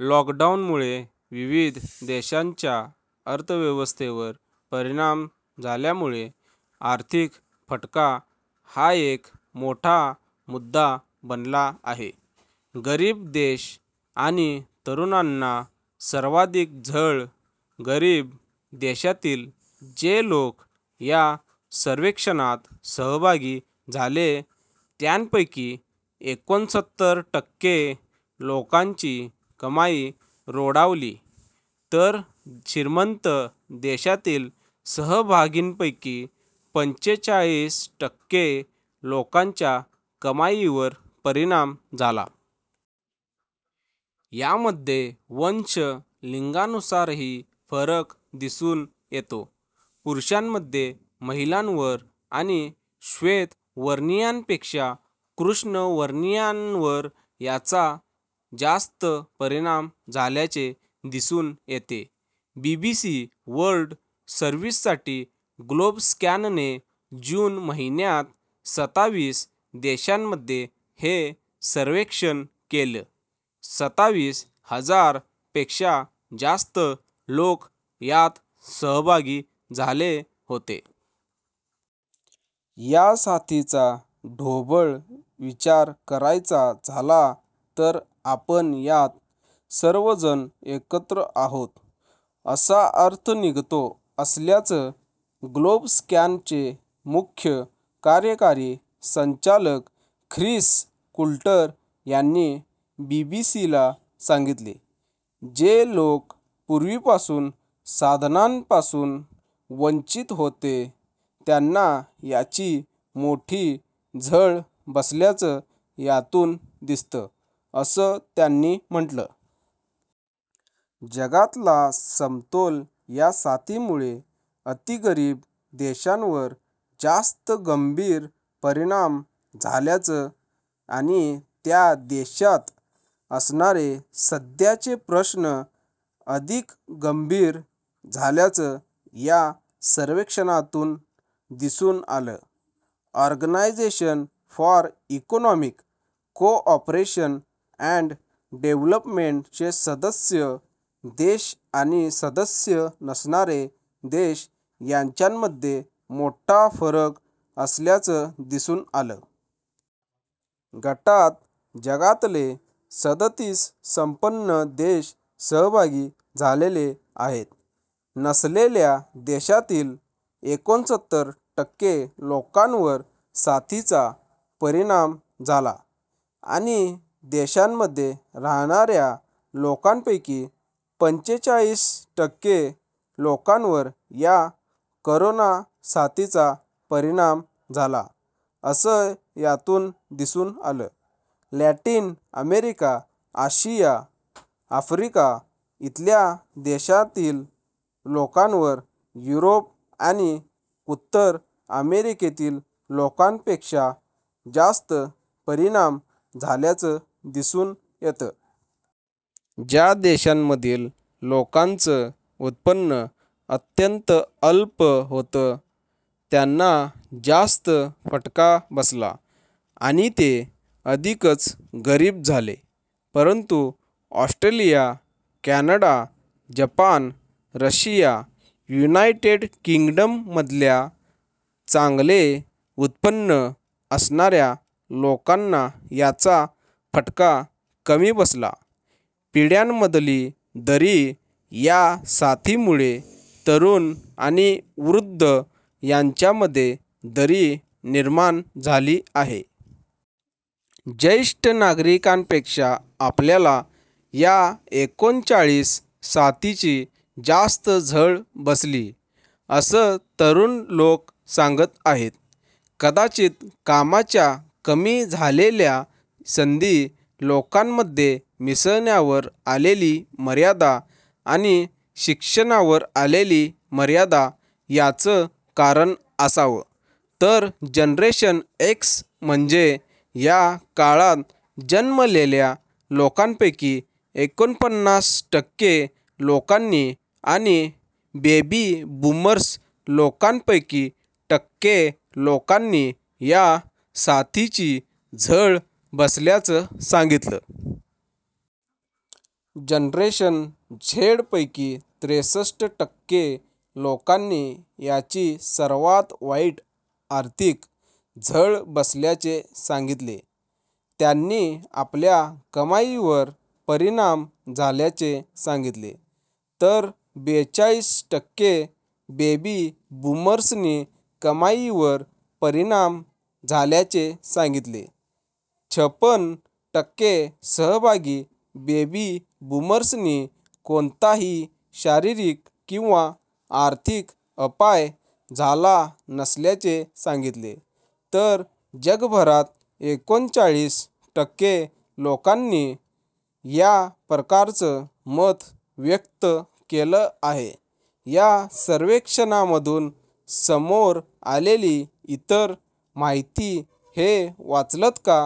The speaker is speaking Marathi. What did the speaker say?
लॉकडाऊनमुळे विविध देशांच्या अर्थव्यवस्थेवर परिणाम झाल्यामुळे आर्थिक फटका हा एक मोठा मुद्दा बनला आहे. गरीब देश आणि तरुणांना सर्वाधिक झळ गरीब देशातील जे लोक या सर्वेक्षणात सहभागी झाले त्यांच्यापैकी एकोणसत्तर टक्के लोकांची कमाई रोडावली, तर श्रीमंत देशातील सहभागींपैकी पंचेचाळीस टक्के लोकांच्या कमाईवर परिणाम झाला. यामध्ये वंश, लिंगानुसारही फरक दिसून येतो. पुरुषांमध्ये, महिलांवर आणि श्वेतवर्णियांपेक्षा कृष्णवर्णियांवर याचा जास्त परिणाम झाल्याचे दिसून येते. बीबीसी वर्ल्ड सर्व्हिससाठी ग्लोबस्कॅनने जून महिन्यात सताविस देशांमध्ये हे सर्वेक्षण केलं. सताविस हजार पेक्षा जास्त लोक यात सहभागी झाले होते. या साथीचा ढोबळ विचार करायचा झाला तर, आपण यात सर्वजण एकत्र आहोत, असा अर्थ निघतो, असल्याचं ग्लोबस्कॅनचे मुख्य कार्यकारी संचालक ख्रिस कुल्टर यांनी बीबीसीला सांगितले. जे लोक पूर्वीपासून, साधनांपासून वंचित होते त्यांना याची मोठी झळ बसल्याचं यातून दिसतं, असं त्यांनी म्हटलं. जगातला असमतोल या साथीमुळे अतिगरीब देशांवर जास्त गंभीर परिणाम झाल्याचं आणि त्या देशांत असणारे सध्याचे प्रश्न अधिक गंभीर झाल्याचं या सर्वेक्षणातून दिसून आलं. Organisation for economic cooperation and development चे सदस्य देश आणि सदस्य नसणारे देश यांच्यामध्ये मोठा फरक असल्याचं दिसून आलं. गटात जगातले सदतीस संपन्न देश सहभागी झालेले आहेत. नसलेल्या देशांतील एकोणसत्तर टक्के लोकांवर साथीचा परिणाम झाला, आणि देशांमध्ये राहाणाऱ्या लोकांपैकी पंचेचाळीस टक्के लोकांवर या कोरोना साथीचा परिणाम झाला, असं यातून दिसून आलं. लॅटिन अमेरिका, आशिया, अफ्रिका इथल्या देशांतील लोकांवर युरोप आणि उत्तर अमेरिकेतील लोकांपेक्षा जास्त परिणाम झाल्याचं दिसून येतं. ज्या देशांमधील लोकांचं उत्पन्न अत्यंत अल्प होतं त्यांना जास्त फटका बसला आणि ते अधिकच गरीब झाले. परंतु Australia, Canada, Japan, Russia, United किंग्डममधल्या चांगले उत्पन्न असणाऱ्या लोकांना याचा फटका कमी बसला. पिढ्यांमधली दरी, या साथीमुळे तरुण आणि वृद्ध यांच्यामध्ये दरी निर्माण झाली आहे. ज्येष्ठ नागरिकांपेक्षा आपल्याला याएकोणचाळीस साथीची जास्त झळ बसली, असं तरुण लोक सांगत आहेत. कदाचित कामाच्या कमी झालेल्या संधी, लोकांमध्ये मिसळण्यावर आलेली मर्यादा आणि शिक्षणावर आलेली मर्यादा याचं कारण असावं. तर जनरेशन एक्स म्हणजे या काळात जन्मलेल्या लोकांपैकी एकोणपन्नास टक्के लोकांनी आणि बेबी बूमर्स लोकांपैकी टक्के लोकांनी या साथीची झळ बसल्याचं सांगितलं. जनरेशन झेडपैकी त्रेसष्ट टक्के लोकांनी याची सर्वात वाईट आर्थिक झळ बसल्याचे सांगितले. त्यांनी आपल्या कमाईवर परिणाम झाल्याचे सांगितले. तर बेचाळीस टक्के बेबी बूमर्सनी कमाईवर परिणाम झाल्याचे सांगितले. छपण टक्के सहभागी बेबी बूमर्सनी कोणताही शारीरिक किंवा आर्थिक अपाय झाला नसल्याचे सांगितले, तर जगभरात एकोणचाळीस टक्के लोकांनी या प्रकारचं मत व्यक्त केलं आहे. या सर्वेक्षणामधून समोर आलेली इतर माहिती हे वाचलंत का?